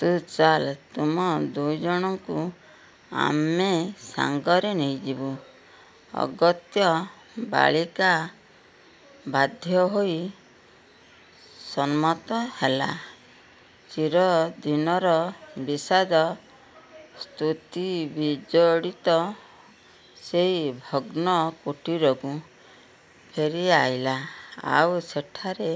ତୁ ଚାଲ୍। ତୁମ ଦୁଇଜଣଙ୍କୁ ଆମେ ସାଙ୍ଗରେ ନେଇଯିବୁ। " ଅଗତ୍ୟା ବାଳିକା ବାଧ୍ୟ ହୋଇ ସମ୍ମତ ହେଲା। ଚିରଦିନର ବିଷାଦ-ସ୍ମୃତିବିଜଡ଼ିତ ସେହି ଭଗ୍ନ କୁଟୀରକୁ। ଫେରି ଅନାଇଲା। ଆଉ ସେଠାରେ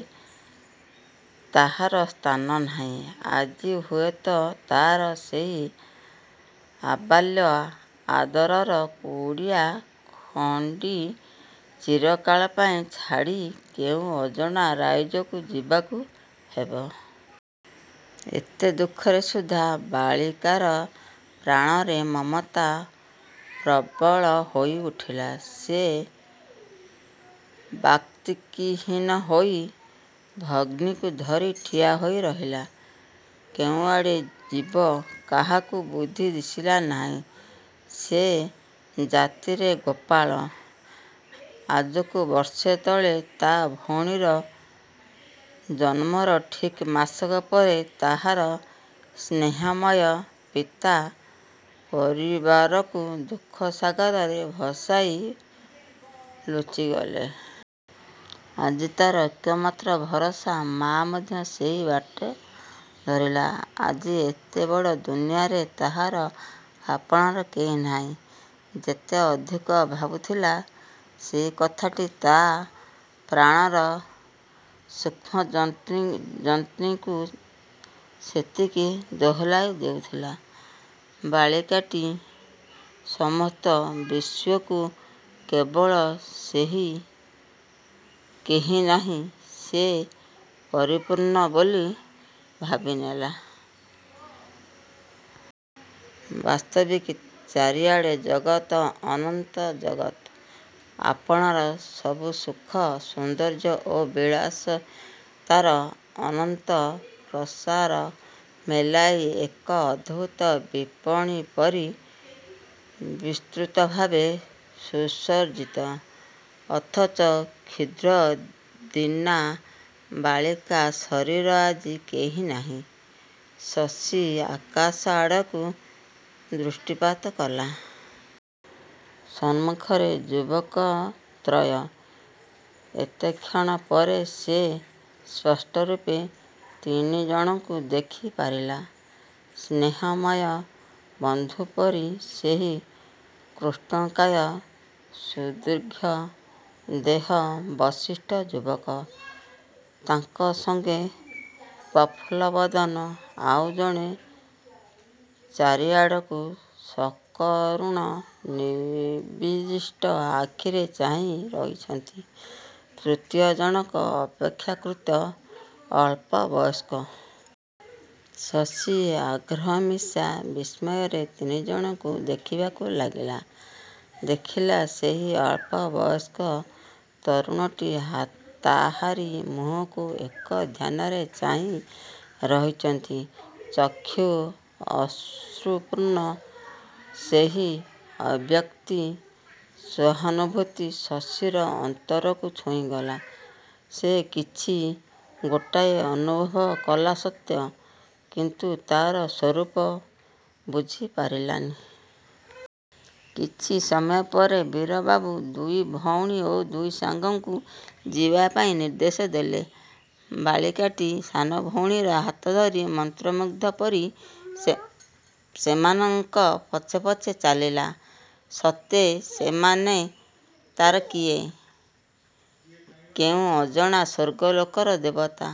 ତାହାର ସ୍ଥାନ ନାହିଁ। ଆଜି ହୁଏତ ତାର ସେହି ଆବାଲ୍ୟ ଆଦରର କୁଡ଼ିଆ ଖଣ୍ଡି ଚିରକାଳ ପାଇଁ ଛାଡ଼ି କେଉଁ ଅଜଣା ରାଇଜକୁ ଯିବାକୁ ହେବ। ଏତେ ଦୁଃଖରେ ସୁଦ୍ଧା ବାଳିକାର ପ୍ରାଣରେ ମମତା ପ୍ରବଳ ହୋଇ ଉଠିଲା। ସେ ବାକ୍ଶକ୍ତିହୀନ ହୋଇ ଭଗ୍ନୀକୁ ଧରି ଠିଆ ହୋଇ ରହିଲା। କେଉଁ ଆଡ଼େ ଯିବ ତାହାକୁ ବୁଦ୍ଧି ଦିଶିଲା ନାହିଁ। ସେ ଜାତିରେ ଗୋପାଳ। ଆଜିକୁ ବର୍ଷ ତଳେ ତା' ଭଉଣୀର ଜନ୍ମର ଠିକ୍ ମାସକ ପରେ ତାହାର ସ୍ନେହମୟ ପିତା ପରିବାରକୁ ଦୁଃଖସାଗରରେ ଭସେଇ ଲୁଚିଗଲେ। ଆଜି ତାର ଏକମାତ୍ର ଭରସା ମାଆ ମଧ୍ୟ ସେହି ବାଟ ଧରିଲା। ଆଜି ଏତେବଡ଼ ଦୁନିଆଁରେ ତାହାର ଆପଣାର କେହି ନାହିଁ। ଯେତେ ଅଧିକ ଭାବୁଥିଲା ଏଇ କଥାଟି ତା' ପ୍ରାଣର ସୂକ୍ଷ୍ମତନ୍ତ୍ରୀକୁ ସେତିକି ଦୋହଲେଇ ଦେଉଥିଲା। ବାଳିକାଟି ସମସ୍ତ ବିଶ୍ୱକୁ କେବଳ ସେହି 'କେହିନାହିଁ' ସେ ପରିପୂର୍ଣ୍ଣ ବୋଲି ଭାବିନେଲା। ବାସ୍ତବିକ୍ ଚାରି ଆଡ଼େ ଜଗତ୍, ଅନନ୍ତ ଜଗତ୍। ଆପଣାର ସବୁ ସୁଖ, ସୌନ୍ଦର୍ଯ୍ୟ ଓ ବିଳାସିତାର ଅନନ୍ତ ପ୍ରସାର ମେଲାଇ ଏକ ଅଦ୍ଭୁତ ବିପଣି ପରି ବିସ୍ତୃତଭାବେ ସୁସଜ୍ଜିତ। ଅଥଚ କ୍ଷୁଦ୍ର ଦୀନା ବାଳିକା ଶଶୀର ଆଜି କେହି ନାହିଁ। ଶଶୀ ଆକାଶ ଆଡ଼କୁ ଦୃଷ୍ଟିପାତ କଲା। ସମ୍ମୁଖରେ ଯୁବକତ୍ରୟ। ଏତେକ୍ଷଣ ପରେ ସେ ସ୍ପଷ୍ଟ ରୂପେ ତିନିଜଣଙ୍କୁ ଦେଖି ପାରିଲା। ସ୍ନେହମୟ ବନ୍ଧୁ ପରି ସେହି କୃଷ୍ଣକାୟ ସୁଦୀର୍ଘ ଦେହ ବଳିଷ୍ଠ ଯୁବକ। ତାଙ୍କ ସାଙ୍ଗ ପ୍ରଫୁଲ୍ଲବଦନ, ଆଉ ଜଣେ ତାରିଆଡ଼କୁ ସକରୁଣ ନିବିଷ୍ଟ ଆଖିରେ ଚାହିଁ ରହିଛନ୍ତି। ତୃତୀୟ ଜଣକ ଅପେକ୍ଷାକୃତ ଅଳ୍ପବୟସ୍କ। ଶଶୀ ଆଗ୍ରହ ମିଶା ବିସ୍ମୟରେ ତିନିଜଣଙ୍କୁ ଦେଖିବାକୁ ଲାଗିଲା। ଦେଖିଲା ସେହି ଅଳ୍ପ ବୟସ୍କ ତରୁଣଟି ତାହାରି ମୁହଁକୁ ଏକଧ୍ୟାନରେ ଚାହିଁ ରହିଚନ୍ତି। ଚକ୍ଷୁ ଅଶ୍ରୁପର୍ଣ୍ଣ। ସେହି ଅବ୍ୟକ୍ତି ସହାନୁଭୂତି ଶଶୀର ଅନ୍ତରକୁ ଛୁଇଁଗଲା। ସେ କିଛି ଗୋଟାଏ ଅନୁଭବ କଲା ସତ୍ୟ; କିନ୍ତୁ ତାର ସ୍ୱରୂପ ବୁଝି ପାରିଲାନି। କିଛି ସମୟ ପରେ ବୀରବାବୁ ଦୁଇ ଭଉଣୀ ଓ ଦୁଇ ସାଙ୍ଗଙ୍କୁ ଯିବାପାଇଁ ନିର୍ଦ୍ଦେଶ ଦେଲେ। ବାଳିକାଟି ସାନଭଉଣୀର ହାତଧରି ମନ୍ତ୍ରମୁଗ୍ଧ ପରି ସେମାନଙ୍କ ପଛେ ପଛେ ଚାଲିଲା। ସତେ, ସେମାନେ ତାର କିଏ? କେଉଁ ଅଜଣା ସ୍ୱର୍ଗଲୋକର ଦେବତା।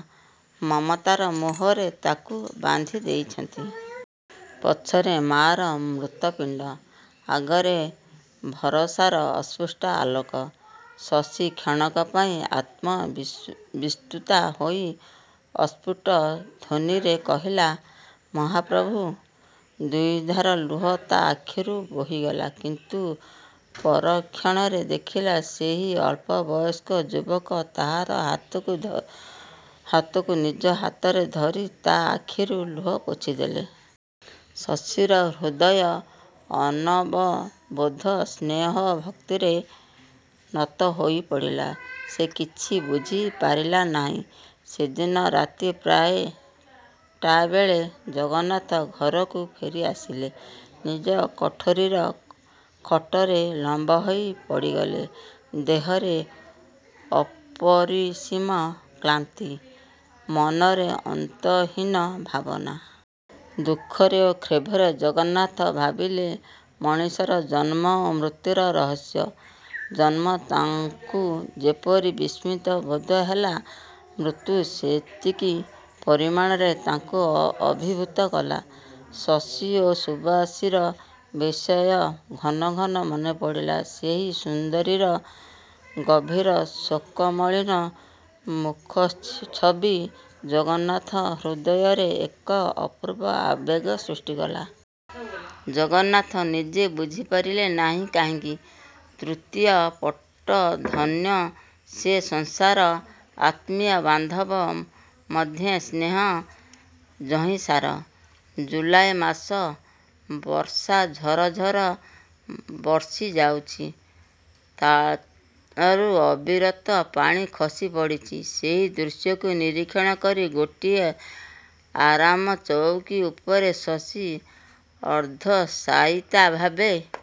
ମମତାର ମୋହରେ ତାକୁ ବାନ୍ଧିଦେଇଚନ୍ତି। ପଛରେ ମାଆର ମୃତପିଣ୍ଡ। ଆଗରେ ଭରସାର ଅସ୍ପଷ୍ଟ ଆଲୋକ। ଶଶୀ କ୍ଷଣକ ପାଇଁ ଆତ୍ମବିସ୍ମୃତା ହୋଇ ଅସ୍ଫୁଟ ଧ୍ୱନିରେ କହିଲା "ମହାପ୍ରଭୁ! " ଦୁଇଧାର ଲୁହ ତା' ଆଖିରୁ ବୋହିଗଲା। କିନ୍ତୁ ପରକ୍ଷଣରେ ଦେଖିଲା, ସେହି ଅଳ୍ପବୟସ୍କ ଯୁବକ ତାହାର ହାତକୁ ନିଜ ହାତରେ ଧରି ତା' ଆଖିରୁ ଲୁହ ପୋଛିଦେଲେ। ଶଶୀର ହୃଦୟ ଅନବବୋଧ୍ୟ ସ୍ନେହ ଓ ଭକ୍ତିରେ ନତ ହୋଇପଡ଼ିଲା। ସେ କିଛି ବୁଝି ପାରିଲା ନାହିଁ। ସେଦିନ ରାତି ପ୍ରାୟ ଟା ବେଳେ ଜଗନ୍ନାଥ ଘରକୁ ଫେରି ଆସିଲେ। ନିଜ କୋଠରୀର ଖଟରେ ଲମ୍ବହୋଇ ପଡ଼ିଗଲେ। ଦେହରେ ଅପରିସୀମ କ୍ଳାନ୍ତି, ମନରେ ଅନ୍ତହୀନ ଭାବନା। ଦୁଃଖରେ ଓ କ୍ଷୋଭରେ ଜଗନ୍ନାଥ ଭାବିଲେ ମଣିଷର ଜନ୍ମ ଓ ମୃତ୍ୟୁର ରହସ୍ୟ। ଜନ୍ମ ତାଙ୍କୁ ଯେତିକି ବିସ୍ମିତ ବୋଧହେଲା, ମୃତ୍ୟୁ ସେତିକି ପରିମାଣରେ ତାଙ୍କୁ ଅଭିଭୂତ କଲା। ଶଶୀ ଓ ସୁବାସୀର ବିଷୟ ଘନ ଘନ ମନେପଡ଼ିଲା। ସେହି ସୁନ୍ଦରୀର ଗଭୀର ଶୋକମଳିନ ମୁଖଚ୍ଛବି ଜଗନ୍ନାଥର ହୃଦୟପଟ୍ଟରେ ଏକ ଅପୂର୍ବ ଆବେଗ ସୃଷ୍ଟି କଲା। ଜଗନ୍ନାଥ ନିଜେ ବୁଝିପାରିଲେ ନାହିଁ କାହିଁକି? ତୃତୀୟ ପଟ ଧନ୍ୟ ସେ ସଂସାର ଆତ୍ମୀୟ ବାନ୍ଧବ ମଧ୍ୟେ ସ୍ନେହ ଯହିଁ ସାର। ଜୁଲାଇ ମାସ। ବର୍ଷା ଝର ଝର ବର୍ଷି ଯାଉଛି। ଚାଳରୁ ଅବିରତ ପାଣି ଖସି ପଡ଼ୁଛି। ସେଇ ଦୃଶ୍ୟକୁ ନିରୀକ୍ଷଣ କରି ଗୋଟିଏ ଆରାମଚଉକି ଉପରେ ଶଶୀ ଅର୍ଦ୍ଧଶାୟିତା ଭାବରେ ବସି ରହିଚି-।